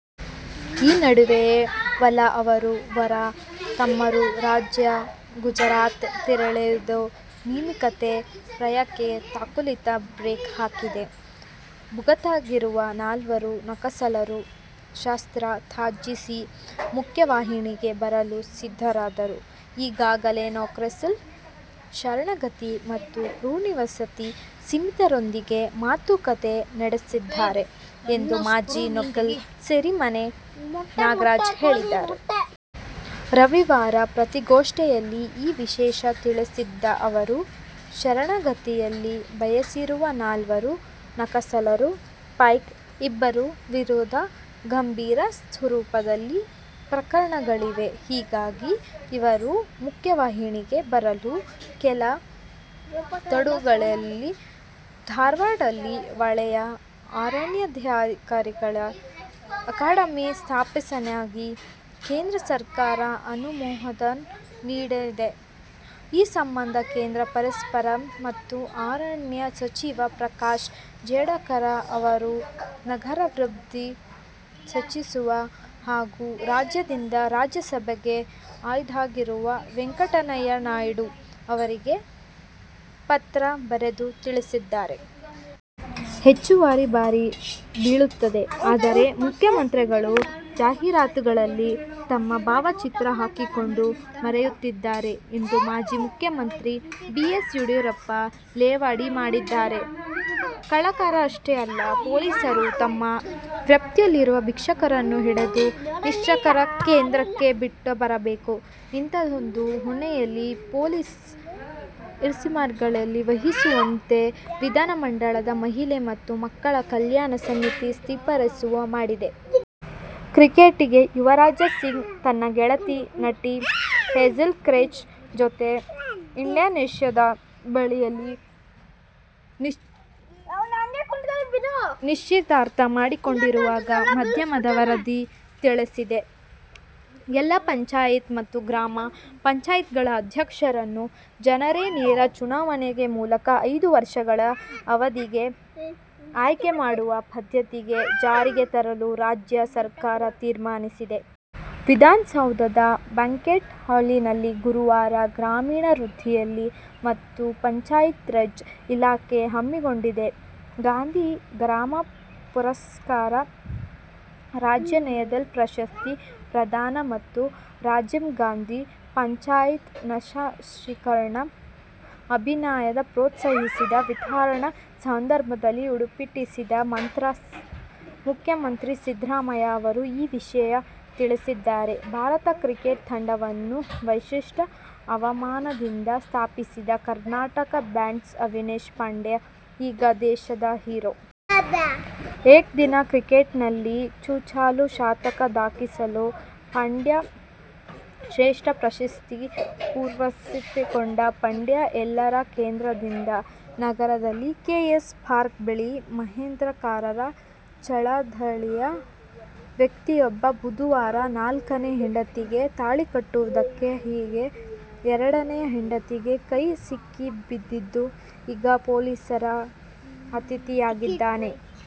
ಈ ನಡುವೆಯೇ ವಾಲಾ ಅವರು ವಾರ ತವರು ರಾಜ್ಯ ಗುಜರಾತ್ಗೆ ತೆರಳಿರುವುದು ನೇಮಕಾತಿ ಪ್ರಕ್ರಿಯೆಗೆ ತಾತ್ಕಾಲಿಕ ಬ್ರೇಕ್ ಹಾಕಿದೆ. ಭೂಗತರಾಗಿರುವ ನಾಲ್ವರು ನಕ್ಸಲರು ಶಸ್ತ್ರಾಸ್ತ್ರ ತ್ಯಜಿಸಿ ಮುಖ್ಯವಾಹಿನಿಗೆ ಬರಲು ಸಿದ್ಧರಿದ್ದು, ಈಗಾಗಲೇ ನಕ್ಸಲರ ಶರಣಾಗತಿ ಮತ್ತು ಪುನರ್ವಸತಿ ಸಮಿತಿಯೊಂದಿಗೆ ಮಾತುಕತೆ ನಡೆಸಿದ್ದಾರೆ ಎಂದು ಮಾಜಿ ನಕ್ಸಲ್ ಸಿರಿಮನೆ ನಾಗರಾಜ ಹೇಳಿದರು. ರವಿವಾರ ಪತ್ರಿಕಾಗೋಷ್ಠಿಯಲ್ಲಿ ಈ ವಿಷಯ ತಿಳಿಸಿದ ಅವರು, ಶರಣಾಗತಿಗೆ ಬಯಸಿರುವ ನಾಲ್ವರು ನಕ್ಸಲರ ಪೈಕಿ ಇಬ್ಬರ ವಿರುದ್ಧ ಗಂಭೀರ ಸ್ವರೂಪದ ಪ್ರಕರಣಗಳಿವೆ. ಹೀಗಾಗಿ ಇವರು ಮುಖ್ಯವಾಹಿನಿಗೆ ಬರಲು ಕೆಲ ತೊಡಕುಗಳಿವೆ. ಧಾರವಾಡದಲ್ಲಿ ವಲಯ ಅರಣ್ಯಾಧಿಕಾರಿಗಳ ಅಕಾಡೆಮಿ ಸ್ಥಾಪನೆಗೆ ಕೇಂದ್ರ ಸರ್ಕಾರ ಅನುಮೋದನೆ ನೀಡಿದೆ. ಈ ಸಂಬಂಧ ಕೇಂದ್ರ ಪರಿಸರ ಮತ್ತು ಅರಣ್ಯ ಸಚಿವ ಪ್ರಕಾಶ್ ಜಾವಡೇಕರ್ ಅವರು ನಗರಾಭಿವೃದ್ಧಿ ಸಚಿವ ಹಾಗೂ ರಾಜ್ಯದಿಂದ ರಾಜ್ಯಸಭೆಗೆ ಆಯ್ದೆಯಾಗಿರುವ ವೆಂಕಯ್ಯನಾಯ್ಡು ಅವರಿಗೆ ಪತ್ರ ಬರೆದು ತಿಳಿಸಿದ್ದಾರೆ. ಹೆಚ್ಚುವರಿ ಭಾರ ಬೀಳುತ್ತಿದೆ. ಆದರೆ, ಮುಖ್ಯಮಂತ್ರಿಗಳು ಜಾಹೀರಾತುಗಳಲ್ಲಿ ತಮ್ಮ ಭಾವಚಿತ್ರ ಹಾಕಿಕೊಂಡು ಮೆರೆಯುತ್ತಿದ್ದಾರೆ ಎಂದು ಮಾಜಿ ಮುಖ್ಯಮಂತ್ರಿ ಬಿ. ಎಸ್. ಯಡಿಯೂರಪ್ಪ ಲೇವಡಿ ಮಾಡಿದ್ದಾರೆ. ಕಳ್ಳಕಾಕರಷ್ಟೇ ಅಲ್ಲ, ಪೊಲೀಸರು ತಮ್ಮ ವ್ಯಾಪ್ತಿಯಲ್ಲಿರುವ ಭಿಕ್ಷುಕರನ್ನೂ ಹಿಡಿದು ನಿರಾಶ್ರಿತರ ಕೇಂದ್ರಕ್ಕೆ ಬಿಟ್ಟು ಬರಬೇಕು. ಇಂತಹದ್ದೊಂದು ಹೊಣೆಯನ್ನು ಪೊಲೀಸ್ ಇನ್ಸ್ಪೆಕ್ಟರ್ಗಳಿಗೆ ವಹಿಸುವಂತೆ ವಿಧಾನಮಂಡಲದ ಮಹಿಳಾ ಮತ್ತು ಮಕ್ಕಳ ಕಲ್ಯಾಣ ಸಮಿತಿ ಶಿಫಾರಸು ಮಾಡಿದೆ. ಕ್ರಿಕೆಟಿಗ ಯುವರಾಜ್ ಸಿಂಗ್ ತನ್ನ ಗೆಳತಿ, ನಟಿ ಹೇಜೆಲ್ ಕೀಚ್ ಜೊತೆ ಇಂಡೋನೇಷ್ಯಾದ ಬಾಲಿಯಲ್ಲಿ ನಿಶ್ಚಿತಾರ್ಥ ಮಾಡಿಕೊಂಡಿರುವುದಾಗಿ ಮಾಧ್ಯಮದ ವರದಿ ತಿಳಿಸಿದೆ. ಜಿಲ್ಲಾ ಪಂಚಾಯ್ತಿ ಮತ್ತು ಗ್ರಾಮ ಪಂಚಾಯ್ತಿಗಳ ಅಧ್ಯಕ್ಷರನ್ನು ಜನರೇ ನೇರ ಚುನಾವಣೆ ಮೂಲಕ ಐದು ವರ್ಷಗಳ ಅವಧಿಗೆ ಆಯ್ಕೆ ಮಾಡುವ ಪದ್ಧತಿ ಜಾರಿಗೆ ತರಲು ರಾಜ್ಯ ಸರ್ಕಾರ ತೀರ್ಮಾನಿಸಿದೆ. ವಿಧಾನಸೌಧದ ಬ್ಯಾಂಕ್ವೆಟ್ ಹಾಲ್ನಲ್ಲಿ ಗುರುವಾರ ಗ್ರಾಮೀಣಾಭಿವೃದ್ಧಿ ಮತ್ತು ಪಂಚಾಯತ್ರಾಜ್ ಇಲಾಖೆ ಹಮ್ಮಿಕೊಂಡಿದ್ದ ಗಾಂಧಿ ಗ್ರಾಮ ಪುರಸ್ಕಾರ, ರಾಜ್ಯ ನೈರ್ಮಲ್ಯ ಪ್ರಶಸ್ತಿ ಪ್ರದಾನ ಮತ್ತು ರಾಜೀವ್ಗಾಂಧಿ ಪಂಚಾಯತ್ ಸಶಸ್ತೀಕರಣ ಅಭಿಯಾನದ ಪ್ರೋತ್ಸಾಹಧನ ವಿತರಣಾ ಸಮಾರಂಭ ಉದ್ಘಾಟಿಸಿದ ಮುಖ್ಯಮಂತ್ರಿ ಸಿದ್ದರಾಮಯ್ಯ ಅವರು ಈ ವಿಷಯ ತಿಳಿಸಿದ್ದಾರೆ. ಭಾರತ ಕ್ರಿಕೆಟ್ ತಂಡವನ್ನು ವೈಟ್ವಾಷ್ ಅವಮಾನದಿಂದ ತಪ್ಪಿಸಿದ ಕರ್ನಾಟಕ ಬ್ಯಾಟ್ಸ್ಮನ್ ಮನೀಶ್ ಪಾಂಡೆ ಈಗ ದೇಶದ ಹೀರೋ. ಏಕದಿನ ಕ್ರಿಕೆಟ್ನಲ್ಲಿ ಚೊಚ್ಚಲ ಶತಕ ದಾಖಲಿಸಿ ಪಂದ್ಯಶ್ರೇಷ್ಠ ಪ್ರಶಸ್ತಿ ಪುರಸ್ಕೃತಗೊಂಡ ಪಾಂಡೆ ಎಲ್ಲರ ಕೇಂದ್ರಬಿಂದು. ನಗರದ ಕೆ. ಸಿ. ಪಾರ್ಕ್ ಬಳಿಯ ಮಹೇಂದ್ರಕರ ಚಾಳದಲ್ಲಿ ವ್ಯಕ್ತಿಯೊಬ್ಬ ಬುಧವಾರ ನಾಲ್ಕನೇ ಹೆಂಡತಿಗೆ ತಾಳಿ ಕಟ್ಟುತ್ತಿದ್ದ ಹಾಗೆ ಎರಡನೇ ಹೆಂಡತಿ ಕೈಗೆ ಸಿಕ್ಕಿ ಬಿದ್ದಿದ್ದು, ಈಗ ಪೊಲೀಸರ ಅತಿಥಿಯಾಗಿದ್ದಾನೆ.